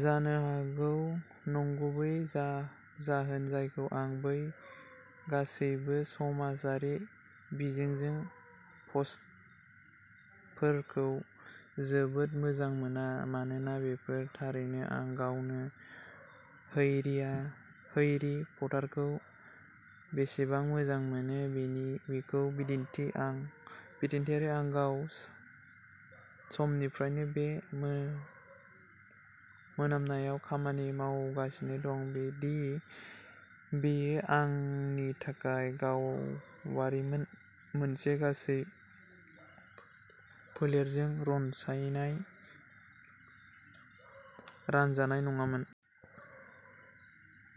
जानो हागौ। नंगुबै जा-जाहोन जायखौ आं बै गासैबो समाजारि बिजोंजों पस्टफोरखौ जोबोद मोजां मोना, मानोना बेफोर थारैनो आं गावनो हैरीया हैरि पटारखौ बेसेबां मोजां मोनो बेनि बेखौ दिन्थियो, आरो आं गोबाव समनिफ्रायनो बे मोनामनायाव खामानि मावगासिनो दं दि बेयो आंनि थाखाय गावारिमोन, मोनसे गासै फोलेरजों रनसायनाय रानजानाय नङामोन।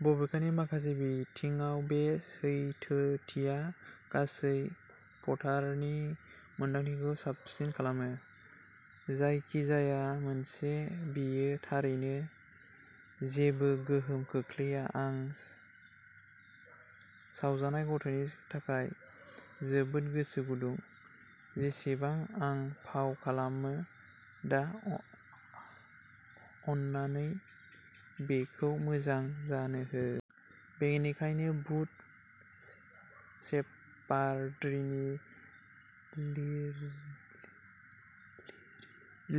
बबेखानि माखासे बिथिङाव, बे सैथोथिया। गासै पटारनि मोन्दांथिखौ साबसिन खालामो। जायखि-जाया मोनसे, बेयो थारैनो जेबो गोहोम खोख्लैया। आं सावजानाय गथ'नि थाखाय जोबोद गोसो गुदुं, जेसेबां आं फाव खालामो। दा अन्नानै बेखौ मोजां जानो हो। बेनिखायनो बुन शेपार्डनि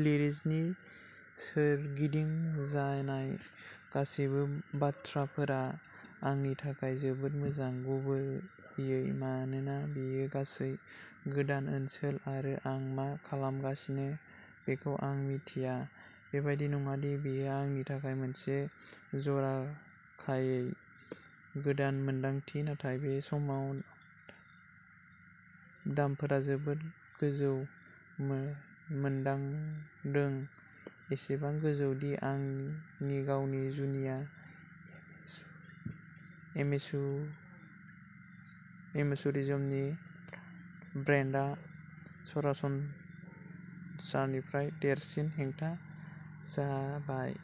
रिलिजनि सोरगिदिं जानाय गासैबो बाथ्राफोरा आंनि थाखाय जोबोद मोजां, गुबैयै मानोना बेयो गासैबो गोदान ओनसोल आरो आं मा खालामगासिनो बेखौ आं मिन्थिया। बेबादि नङा दि बेयो आंनि थाखाय मोनसे जर'खायै गोदान मोनदांथि, नाथाय बे समाव दामफोरा जोबोद गोजौ मोनदांदों, एसेबां गोजौ दि आंनि गावनि जुनिया एमेचुरिज्मनि ब्रान्डआ सरासनस्रानिफ्राय देरसिन हेंथा जाबाय।